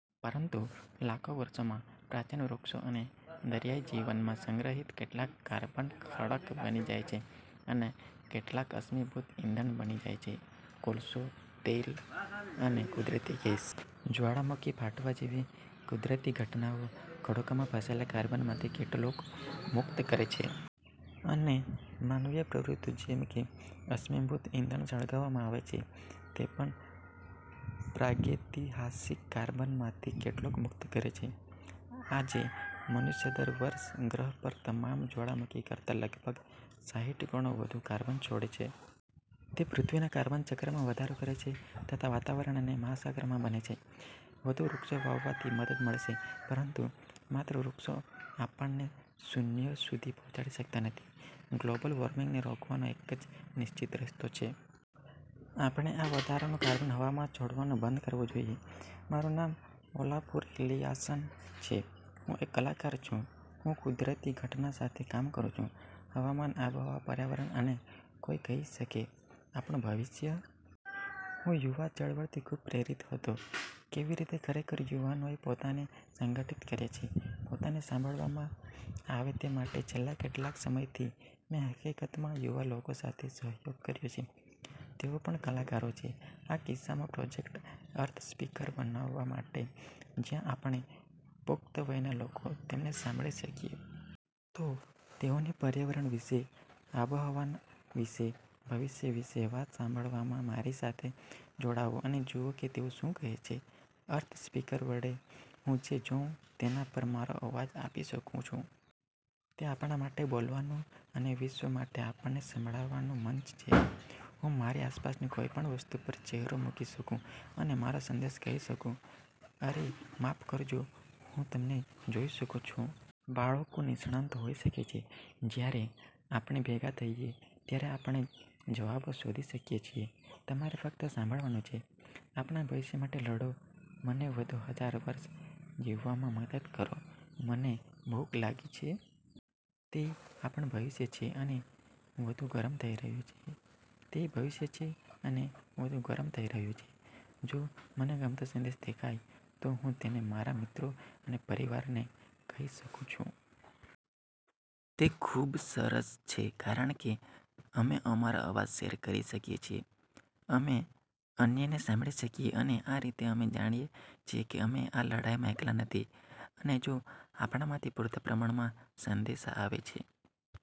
પરંતુ લાખો વર્ષોમાં, પ્રાચીન વૃક્ષો અને દરિયાઈ જીવનમાં સંગ્રહિત કેટલાક કાર્બન ખડક બની જાય છે અને કેટલાક અશ્મિભૂત ઇંધણ બની જાય છે: કોલસો, તેલ અને કુદરતી ગેસ. જ્વાળામુખી ફાટવા જેવી કુદરતી ઘટનાઓ ખડકોમાં ફસાયેલા કાર્બનમાંથી કેટલોક મુક્ત કરે છે. અને માનવીય પ્રવૃતિઓ, જેમ કે અશ્મિભૂત ઇંધણ સળગાવવામાં આવે છે, તે પણ પ્રાગૈતિહાસિક કાર્બનમાંથી કેટલોક મુક્ત કરે છે. આજે, મનુષ્ય દર વર્ષે ગ્રહ પરના તમામ જ્વાળામુખી કરતાં લગભગ સાહીઠ ગણો વધુ કાર્બન છોડે છે. તે પૃથ્વીના કાર્બન ચક્રમાં વધારો કરે છે તથા વાતાવરણ અને મહાસાગરોમાં બને છે. વધુ વૃક્ષો વાવવાથી મદદ મળશે, પરંતુ માત્ર વૃક્ષો આપણને શુન્ય સુધી પહોંચાડી શકતા નથી. ગ્લોબલ વોર્મિંગને રોકવાનો એક જ નિશ્ચિત રસ્તો છે. આપણે આ વધારાનું કાર્બન હવામાં છોડવાનું બંધ કરવું જોઈએ. મારું નામ ઓલાફુર એલિઆસન છે. હું એક કલાકાર છું. હું કુદરતી ઘટના સાથે કામ કરું છું, હવામાન, આબોહવા, પર્યાવરણ અને કોઈ કહી શકે, આપણું ભવિષ્ય? હું યુવા ચળવળથી ખૂબ પ્રેરિત હતો, કેવી રીતે ખરેખર યુવાનોએ પોતાને સંગઠિત કર્યા છે, પોતાને સાંભળવામાં આવે તે માટે. છેલ્લા કેટલાક સમયથી, મેં હકીકતમાં યુવા લોકો સાથે સહયોગ કર્યો છે, તેઓ પણ કલાકારો છે, આ કિસ્સામાં પ્રોજેક્ટ "અર્થ સ્પીકર" બનાવવા માટે જ્યાં આપણે, પુખ્ત વયના લોકો, તેમને સાંભળી શકીએ. તો તેઓની પર્યાવરણ વિશે, આબોહવા વિશે, ભવિષ્ય વિશે વાત સાંભળવામાં મારી સાથે જોડાઓ અને જુઓ કે તેઓ શું કહે છે. "અર્થ સ્પીકર" વડે હું જે જોઉં, તેના પર મારો અવાજ આપી શકું છું. તે આપણા માટે બોલવાનું અને વિશ્વ માટે આપણને સાંભળવાનું મંચ છે. હું મારી આસપાસની કોઈપણ વસ્તુ પર ચહેરો મૂકી શકું અને મારો સંદેશ કહી શકું. અરે માફ કરજો, હું તમને જૉઈ શકું છું. બાળકો નિષ્ણાતો હોઈ શકે છે. જ્યારે આપણે ભેગા થઈએ, ત્યારે આપણે જવાબો શોધી શકીએ છીએ. તમારે ફક્ત સાંભળવાનું છે. આપણા ભવિષ્ય માટે લડો. મને વધુ હજારવર્ષ જીવવામાં મદદ કરો. મને ભૂખ લાગી છે! તે આપણું ભવિષ્ય છે, અને વધુ ગરમ થઈ રહ્યું છે. તે ભવિષ્ય છે, અને વધુ ગરમ થઈ રહ્યું છે. જો મને ગમતો સંદેશ દેખાય, તો હું તેને મારા મિત્રો અને પરિવારને કહી શકું છું. તે ખૂબ જ સરસ છે કારણ કે, અમે અમારો અવાજ શેર કરી શકીએ છીએ, અમે અન્યને સાંભળી શકીએ, અને આ રીતે અમે જાણીએ છીએ કે અમે આ લડાઈમાં એકલા નથી. અને જો આપણામાંથી પૂરતા પ્રમાણમાં સંદેશા આવે છે.